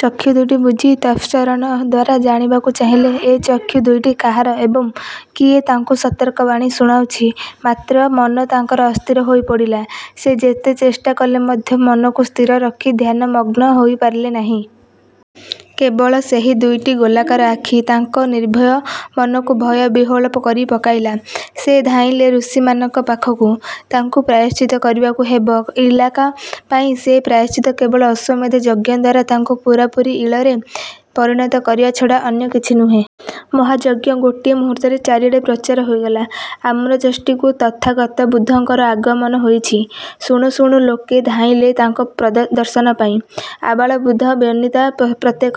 ଚକ୍ଷୁ ଦୁଇଟି ବୁଜି ତପଶ୍ଚରଣ ଦ୍ୱାରା ଜାଣିବାକୁ ଚାହିଁଲେ ଏ ଚକ୍ଷୁ ଦୁଇଟି କାହାର ଏବଂ କିଏ ତାଙ୍କୁ ସତର୍କବାଣୀ ଶୁଣାଉଛି। ମାତ୍ର ମନ ତାଙ୍କର ଅସ୍ଥିର ହୋଇ ପଡ଼ିଲା। ସେ ଯେତେ ଚେଷ୍ଟାକଲେ ମଧ୍ୟ ମନକୁ ସ୍ଥିର ରଖି ଧ୍ୟାନମଗ୍ନ ହୋଇ ପାରିଲେ ନାହିଁ। କେବଳ ସେହି ଦୁଇଟି ଗୋଲାକାର ଆଖି ତାଙ୍କ ନିର୍ଭୟ ମନକୁ ଭୟ ବିହ୍ୱଳ କରି ପକାଇଲା। ସେ ଧାଇଁଲେ ଋଷିମାନଙ୍କ ପାଖକୁ। ତାଙ୍କୁ ପ୍ରାୟଶ୍ଚିତ କରିବାକୁ ହେବ ଇଳାଙ୍କ ପାଇଁ ସେ ପ୍ରାୟଶ୍ଚିତ କେବଳ ଅଶ୍ୱମେଧ ଯଜ୍ଞଦ୍ୱାରା ତାଙ୍କୁ ପୂରାପୂରି ଇଳରେ ପରିଣତ କରିବା ଛଡ଼ା ଅନ୍ୟ କିଛି ନୁହେଁ। ମହାଯଜ୍ଞ ଗୋଟିଏ ମୁହୂର୍ତ୍ତରେ ଚାରିଆଡ଼େ ପ୍ରଚାର ହୋଇଗଲା, ଆମ୍ରଯଷ୍ଟିକୁ ତଥାଗତ ବୁଦ୍ଧଙ୍କର ଆଗମନ ହୋଇଛି। ଶୁଣୁ ଶୁଣୁ ଲୋକେ ଧାଇଁଲେ ତାଙ୍କ ଦର୍ଶନପାଇଁ। ଆବାଳବୃଦ୍ଧବନିତା ପ୍ରତ୍ୟେକ।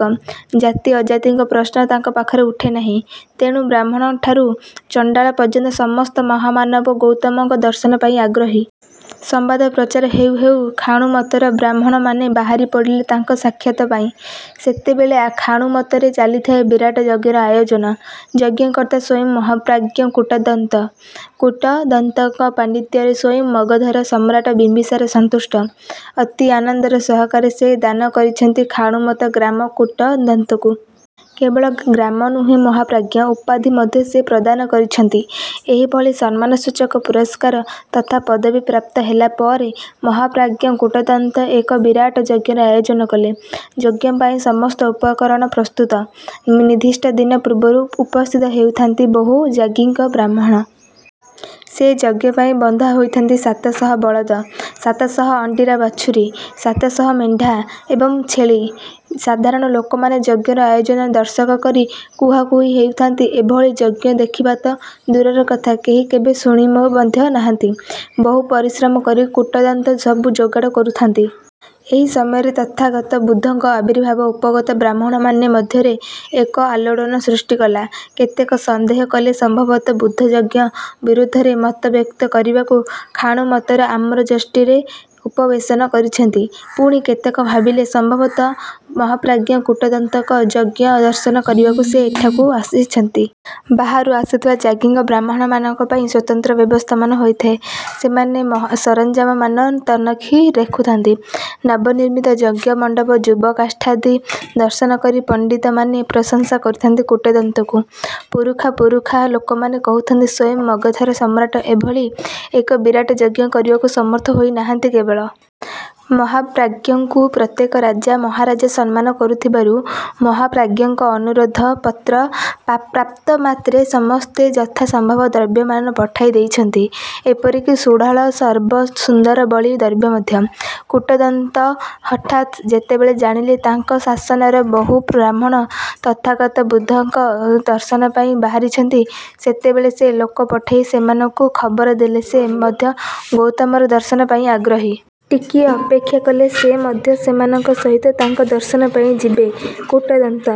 ଜାତି ଅଜାତିଙ୍କ ପ୍ରଶ୍ନ ତାଙ୍କ ପାଖରେ ଉଠେ ନାହିଁ। ତେଣୁ ବ୍ରାହ୍ମଣଠାରୁ ଚଣ୍ଡାଳ ପର୍ଯ୍ୟନ୍ତ ସମସ୍ତ ମହାମାନବ ଗୌତମଙ୍କ ଦର୍ଶନ ପାଇଁ ଆଗ୍ରହୀ। ସମ୍ୱାଦ ପ୍ରଚାର ହେଉ ହେଉ ଖାଣୁମତର ବ୍ରାହ୍ମଣମାନେ ବାହାରି ପଡ଼ିଲେ ତାଙ୍କ ସାକ୍ଷାତ ପାଇଁ। ସେତେବେଳେ ଖାଣୁମତରେ ଚାଲିଥାଏ ବିରାଟ ଯଜ୍ଞର ଆୟୋଜନ। ଯଜ୍ଞକର୍ତ୍ତା ସ୍ୱୟଂ ମହାପ୍ରାଜ୍ଞ କୂଟଦନ୍ତ। କୂଟଦନ୍ତଙ୍କ ପାଣ୍ଡିତ୍ୟରେ ସ୍ୱୟଂ ମଗଧର ସମ୍ରାଟ ବିମ୍ୱିସାର ସନ୍ତୁଷ୍ଟ। ଅତି ଆନନ୍ଦର ସହକାରେ ସେ ଦାନ କରିଛନ୍ତି ଖାଣୁମତ ଗ୍ରାମ କୂଟଦନ୍ତଙ୍କୁ। କେବଳ ଗ୍ରାମ ନୁହେଁ ମହାପ୍ରାଜ୍ଞ ଉପାଧି ମଧ୍ୟ ସେ ପ୍ରଦାନ କରିଛନ୍ତି। ଏହିଭଳି ସମ୍ମାନ ସୂଚକ ପୁରସ୍କାର ତଥା ପଦବୀ ପ୍ରାପ୍ତ ହେଲାପରେ ମହାପ୍ରାଜ୍ଞ କୂଟଦନ୍ତ ଏକ ବିରାଟ ଯଜ୍ଞର ଆୟୋଜନ କଲେ। ଯଜ୍ଞପାଇଁ ସମସ୍ତ ଉପକରଣ ପ୍ରସ୍ତୁତ। ନିର୍ଦ୍ଦିଷ୍ଟ ଦିନ ପୂର୍ବରୁ ଉପସ୍ଥିତ ହେଉଥାନ୍ତି ବହୁ ଯାଜ୍ଞିକ ବ୍ରାହ୍ମଣ। ସେ ଯଜ୍ଞପାଇଁ ବନ୍ଧା ହୋଇଥାନ୍ତି ସାତଶହ ବଳଦ, ସାତଶହ ଅଣ୍ଡିରା ବାଛୁରୀ, ସାତଶହ ମେଣ୍ଢା ଏବଂ ଛେଳି। ସାଧାରଣ ଲୋକମାନେ ଯଜ୍ଞର ଆୟୋଜନ ଦର୍ଶକ କରି କୁହାକୁହି ହେଉଥାନ୍ତି ଏଭଳି ଯଜ୍ଞ ଦେଖିବାତ ଦୂରର କଥା କେହି କେବେ ଶୁଣି ମଧ୍ୟ ନାହାନ୍ତି। ବହୁ ପରିଶ୍ରମ କରି କୂଟଦନ୍ତ ସବୁ ଯୋଗାଡ଼ କରୁଥାନ୍ତି। ଏହି ସମୟରେ ତଥାଗତ ବୁଦ୍ଧଙ୍କ ଆବିର୍ଭାବ ଉପଗତ ବ୍ରାହ୍ମଣମାନେ ମଧ୍ୟରେ ଏକ ଆଲୋଡ଼ନ ସୃଷ୍ଟି କଲା। କେତେକ ସନ୍ଦେହ କଲେ ସମ୍ଭବତ ବୁଦ୍ଧ ଯଜ୍ଞ ବିରୁଦ୍ଧରେ ମତବ୍ୟକ୍ତ କରିବାକୁ ଖାଣୁମତର ଆମ୍ରଯଷ୍ଟିରେ ଉପବେଶନ କରିଛନ୍ତି। ପୁଣି କେତେକ ଭାବିଲେ ସମ୍ଭବତଃ ମହାପ୍ରାଜ୍ଞ କୂଟଦନ୍ତଙ୍କ ଯଜ୍ଞ ଦର୍ଶନ କରିବାକୁ ସେ ଏଠାକୁ ଆସିଛନ୍ତି-। ବାହାରୁ ଆସୁଥିବା ଯାଜ୍ଞିକ ବ୍ରାହ୍ମଣମାନଙ୍କ ପାଇଁ ସ୍ୱତନ୍ତ୍ର ବ୍ୟବସ୍ଥାମାନ ହୋଇଥାଏ ସେମାନେ ସରଞ୍ଜାମମାନ ତନଖି ଦେଖୁଥାନ୍ତି। ନବନିର୍ମିତ ଯଜ୍ଞ ମଣ୍ଡପ-ଯୂପକାଷ୍ଠାଦି ଦର୍ଶନ କରି ପଣ୍ଡିତମାନେ ପ୍ରସଂସା କରୁଥାନ୍ତି କୂଟଦନ୍ତଙ୍କୁ। ପୁରୁଖା ପୁରୁଖା ଲୋକମାନେ କହୁଥାନ୍ତି ସ୍ୱୟଂ ମଗଧର ସମ୍ରାଟ ଏଭଳି ଏକ ବିରାଟ ଯଜ୍ଞ କରବାକୁ ସମର୍ଥ ହୋଇ ନାହାନ୍ତି, କେବଳ। ମହାପ୍ରାଜ୍ଞଙ୍କୁ ପ୍ରତ୍ୟେକ ରାଜା ମହାରାଜ ସମ୍ମାନ କରୁଥିବାରୁ ମହାପ୍ରାଜ୍ଞଙ୍କ ଅନୁରୋଧ ପତ୍ର ପ୍ରାପ୍ତ ମାତ୍ରେ ସମସ୍ତେ ଯଥା ସମ୍ଭବ ଦ୍ରବ୍ୟମାନ ପଠାଇ ଦେଇଛନ୍ତି। ଏପରିକି ସୁଢ଼ଳ ସର୍ବ ସୁନ୍ଦର ବଳି ଦ୍ରବ୍ୟ ମଧ୍ୟ। କୂଟଦନ୍ତ ହଠାତ୍ ଯେତେବେଳେ ଜାଣିଲେ ତାଙ୍କ ସାଶନର ବହୁ ବ୍ରାହ୍ମଣ ତଥାଗତ ବୁଦ୍ଧଙ୍କ ଦର୍ଶନ ପାଇଁ ବାହାରିଛନ୍ତି, ସେତେବେଳେ ସେ ଲୋକପଠାଇ ସେମାନଙ୍କୁ ଖବର ଦେଲେ ସେ ମଧ୍ୟ ଗୌତମଙ୍କ ଦର୍ଶନପାଇଁ ଆଗ୍ରହୀ। ଟିକିଏ ଅପେକ୍ଷା କଲେ ସେ ମଧ୍ୟ ସେମାନଙ୍କ ସହିତ ତାଙ୍କ ଦର୍ଶନ ପାଇଁ ଯିବେ। କୂଟଦନ୍ତ